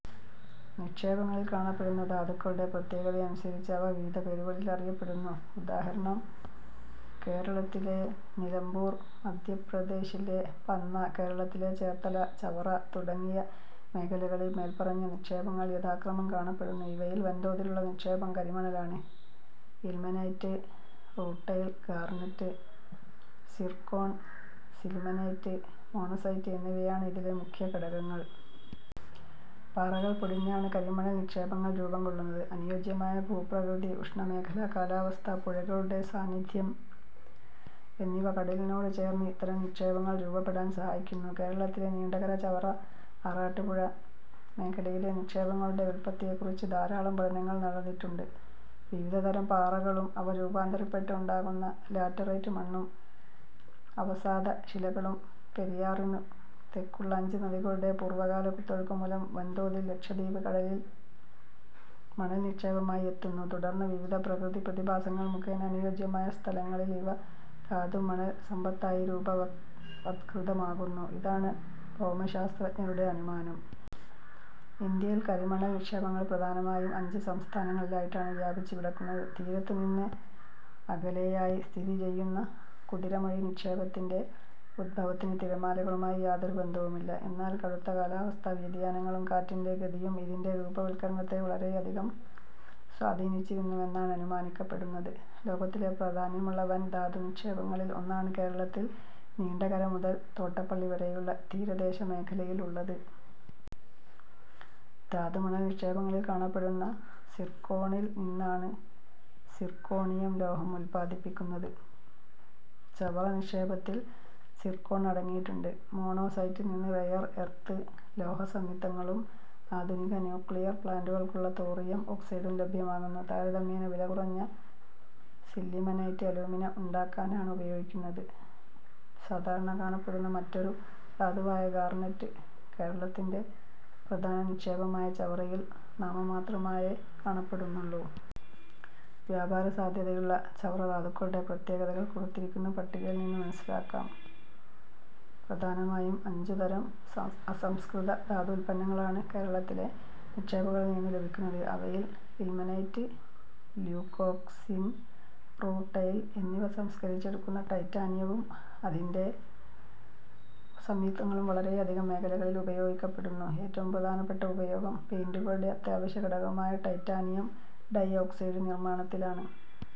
നിക്ഷേപങ്ങളിൽ കാണപ്പെടുന്ന ധാതുക്കളുടെ പ്രത്യേകതയനുസരിച്ച് അവ വിവിധ പേരുകളിൽ അറിയപ്പെടുന്നു. ഉദാഹരണം:- കേരളത്തിലെ നിലമ്പൂർ, മധ്യപ്രദേശിലെ പന്ന, കേരളത്തിലെ ചേർത്തല, ചവറ തുടങ്ങിയ മേഖലകളിൽ മേല്പറഞ്ഞ നിക്ഷേപങ്ങൾ യഥാക്രമം കാണപ്പെടുന്നു. ഇവയിൽ വൻതോതിലുള്ള നിക്ഷേപം കരിമണലാണ്. Ilmenite, rutile, garnet, zircon, sillimanite, monazite എന്നിവയാണ് ഇതിലെ മുഖ്യ ഘടകങ്ങൾ. പാറകൾ പൊടിഞ്ഞാണ് കരിമണൽ നിക്ഷേപങ്ങൾ രൂപംകൊള്ളുന്നത്. അനുയോജ്യമായ ഭൂപ്രകൃതി, ഉഷ്ണമേഖലാ കാലാവസ്ഥ, പുഴകളുടെ സാന്നിധ്യം എന്നിവ കടലിനോട് ചേർന്ന് ഇത്തരം നിക്ഷേപങ്ങൾ രൂപപ്പെടാൻ സഹായിക്കുന്നു. കേരളത്തിലെ നീണ്ടകര-ചവറ-ആറാട്ടുപുഴ മേഖലയിലെ നിക്ഷേപങ്ങളുടെ ഉത്പത്തിയെക്കുറിച്ച് ധാരാളം പഠനങ്ങൾ നടന്നിട്ടുണ്ട്. വിവിധതരം പാറകളും അവ രൂപാന്തരപ്പെട്ട് ഉണ്ടാകുന്ന ലാറ്ററൈറ്റ് മണ്ണും അവസാദശിലകളും പെരിയാറിനു തെക്കുള്ള അഞ്ച് നദികളുടെ പൂർവകാല കുത്തൊഴുക്കുമൂലം വൻതോതിൽ ലക്ഷദ്വീപ് കടലിൽ മണൽനിക്ഷേപമായി എത്തുന്നു, തുടർന്ന് വിവിധ പ്രകൃതിപ്രതിഭാസങ്ങൾ മുഖേന അനുയോജ്യമായ സ്ഥലങ്ങളിൽ ഇവ ധാതുമണൽസമ്പത്തായി രൂപവത്കൃതമാകുന്നു: ഇതാണ് ഭൌമശാസ്ത്രജ്ഞരുടെ അനുമാനം. ഇന്ത്യയിൽ കരിമണൽ നിക്ഷേപങ്ങൾ പ്രധാനമായും അഞ്ച് സംസ്ഥാനങ്ങളിലായിട്ടാണ് വ്യാപിച്ചുകിടക്കുന്നത്. തീരത്തുനിന്ന് അകലെയായി സ്ഥിതിചെയ്യുന്ന കുതിരമൊഴി നിക്ഷേപത്തിന്റെ ഉദ്ഭവത്തിന് തിരമാലകളുമായി യാതൊരു ബന്ധവുമില്ല. എന്നാൽ കടുത്ത കാലാവസ്ഥാ വ്യതിയാനങ്ങളും കാറ്റിന്റെ ഗതിയും ഇതിന്റെ രൂപവത്കരണത്തെ വളരെയധികം സ്വാധീനിച്ചിരുന്നുവെന്നാണ് അനുമാനിക്കപ്പെടുന്നത്. ലോകത്തിലെ പ്രാധാന്യമുള്ള വൻ ധാതുനിക്ഷേപങ്ങളിൽ ഒന്നാണ് കേരളത്തിൽ നീണ്ടകര മുതൽ തോട്ടപ്പള്ളി വരെയുള്ള തീരദേശമേഖലയിൽ ഉള്ളത്. ധാതുമണൽ നിക്ഷേപങ്ങളിൽ കാണപ്പെടുന്ന സിർക്കോണിൽ നിന്നാണ് സിർക്കോണിയം ലോഹം ഉത്പാദിപ്പിക്കുന്നത്. ചവറ നിക്ഷേപത്തിൽ സിർക്കോൺ അടങ്ങിയിട്ടുണ്ട്. മോണസൈറ്റിൽനിന്ന് റെയർ എർത്ത് ലോഹസംയുക്തങ്ങളും ആധുനിക ന്യൂക്ലിയർ പ്ലാന്റുകൾക്കുള്ള തോറിയം ഓക്സൈഡും ലഭ്യമാകുന്നു. താരതമ്യേന വില കുറഞ്ഞ സില്ലിമനൈറ്റ് അലുമിന ഉണ്ടാക്കാനാണ് ഉപയോഗിക്കുന്നത്. സാധാരണ കാണപ്പെടുന്ന മറ്റൊരു ധാതുവായ ഗാർനറ്റ് കേരളത്തിന്റെ പ്രധാന നിക്ഷേപമായ ചവറയിൽ നാമമാത്രമായേ കാണപ്പെടുന്നുള്ളൂ. വ്യാപാരസാധ്യതയുള്ള ചവറധാതുക്കളുടെ പ്രത്യേകതകൾ കൊടുത്തിരിക്കുന്ന പട്ടികയിൽനിന്നു മനസ്സിലാക്കാം. പ്രധാനമായും അഞ്ചുതരം അസംസ്കൃത ധാതു ഉത്പന്നങ്ങളാണ് കേരളത്തിലെ നിക്ഷേപങ്ങളിൽനിന്നു ലഭിക്കുന്നത്. അവയിൽ ഇൽമനൈറ്റ്-ല്യൂക്കോക്സിൻ-റൂട്ടൈൽ എന്നിവ സംസ്കരിച്ചെടുക്കുന്ന ടൈറ്റാനിയവും അതിന്റെ സംയുക്തങ്ങളും വളരെയധികം മേഖലകളിൽ ഉപയോഗിക്കപ്പെടുന്നു. ഏറ്റവും പ്രധാനപ്പെട്ട ഉപയോഗം പെയിന്റുകളുടെ അത്യാവശ്യ ഘടകമായ ടൈറ്റാനിയം ഡൈഓക്സൈഡ് നിർമ്മാണത്തിലാണ്.